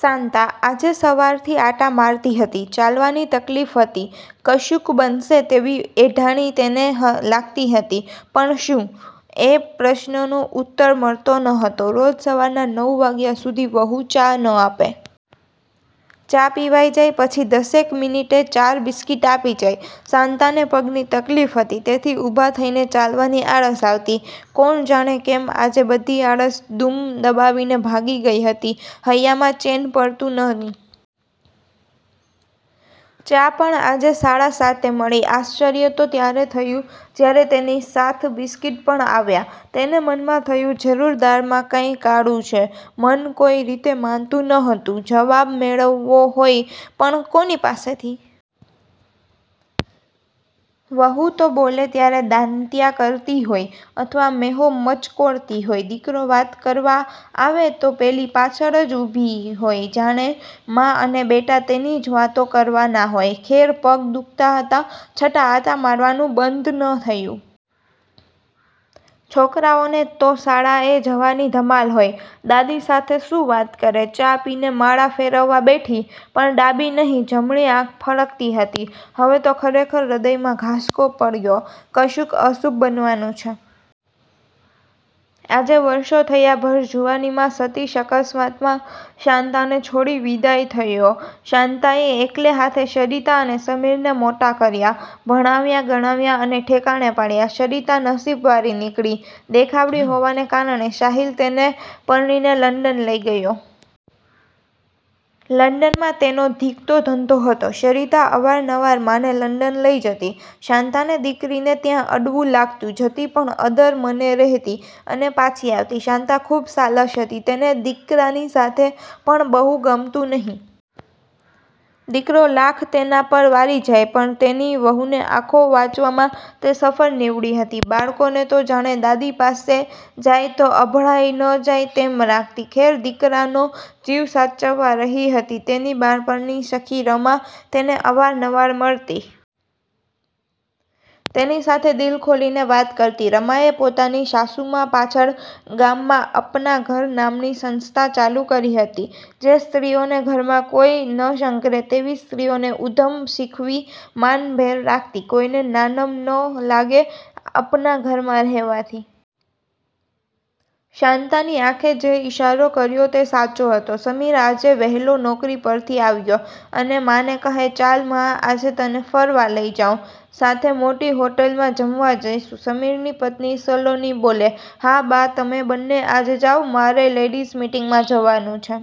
શાંતા આજે સવારથી આંટા મારતી હતી. ચાલવાની તકલીફ હતી. કશુંક બનશે તેવી એંધાણી તેને હ લાગતી હતી, પણ શું? એ પ્રશ્નનો ઉત્તર મળતો ન હતો. રોજ સવારના નવ વાગ્યા સુધી વહુ ચા ન આપે. ચા પિવાઈ જાય પછી દસેક મિનિટે ચાર બિસ્કિટ આપી જાય. શાંતાને પગની તકલીફ હતી, તેથી ઊભા થઈને ચાલવાની આળસ આવતી. કોણ જાણે કેમ આજે બધી આળસ દુમ દબાવીને ભાગી ગઈ હતી. હૈયામાં ચેન પડતું નહીં. ચા પણ આજે સાડા સાતે મળી. આશ્ચર્ય તો ત્યારે થયું જ્યારે તેની સાથ બિસ્કિટ પણ આવ્યા. તેને મનમાં થયું જરૂર દાળમાં કંઈ કાળું છે. મન કોઈ રીતે માનતું ન હતું. જવાબ મેળવવો હોય પણ કોની પાસેથી? વહુ તો બોલે ત્યારે દાંતિયા કરતી હોય, અથવા મેંહો મચકોડતી હોય. દીકરો વાત કરવા આવે તો પેલી પાછળ જ ઊભી હોય. જાણે મા અને બેટા તેની જ વાતો ન કરવાના હોય! ખેર પગ દુખતા હતાં છતા આંટા મારવાનું બંધ ન થયું. છોકરાઓને તો શાળાએ જવાની ધમાલ હોય. દાદી સાથે શું વાત કરે? ચા પીને માળા ફેરવવા બેઠી પણ ડાબી નહીં જમણી આંખ ફરકતી હતી. હવે, તો ખરેખર હ્રદયમાં ઘાસકો પડિયો! કશુંક અશુભ બનવાનું છે. આજે વર્ષો થયા ભર જુવાનીમાં સતીશ, અકસ્માતમાં શાંતાને છોડી વિદાય થયો. શાંતાએ એકલે હાથે સરિતા અને સમીરને મોટા કર્યા. ભણાવ્યા, ગણાવ્યા અને ઠેકાણે પાડ્યા. સરિતા નસીબવાળી નીકળી. દેખાવડી હોવાને કારણે સાહિલ તેને પરણીને લંડન લઈ ગયો. લડંનમાં તેનો ધીકતો ધંધો હતો. સરિતા અવારનવાર માને લંડન લઈ જતી. શાંતાને દીકરીને ત્યાં અડવું લાગતું. જતી પણ અદ્ધર મને રહેતી અને પાછી આવતી. શાંતા ખૂબ સાલસ હતી. તેને દીકરાની સાથે પણ બહુ ગમતું નહી. દીકરો લાખ તેના પર વારી જાય પણ તેની વહુની આંખો વાંચવામાં તે સફળ નિવડી હતી. બાળકોને તો જાણે, દાદી પાસે જાય તો અભડાઈ ન જાય તેમ રાખતી. ખેર, દીકરાનો જીવ સાચવવા રહી હતી. તેની બાળપણની સખી રમા તેને અવારનવાર મળતી. તેની સાથે દિલ ખોલીને વાત કરતી. રમાએ પોતાની સાસુમા પાછળ ગામમાં 'અપના ઘર' નામની સંસ્થા ચાલુ કરી હતી. જે સ્ત્રીઓને ઘરમાં કોઈ ન સંઘરે તેવી સ્ત્રીઓને ઉદ્યમ શીખવી, માન ભેર રાખતી. કોઈને નાનમ ન લાગે અપના ઘરમાં રહેવાથી. શાંતાની આંખે જે ઈશારો કર્યો તે સાચો હતો. સમીર આજે વહેલો નોકરી પરથી આવ્યો, અને માને કહે, "ચાલ મા આજે તને ફરવા લઈ જાઉં. સાથે મોટી હોટલમાં જમવા જઈશું." સમીરની પત્ની સલોની બોલે, "હા, બા તમે બન્ને આજે જાવ મારે લેડીઝ મિટિંગમાં જવાનું છે."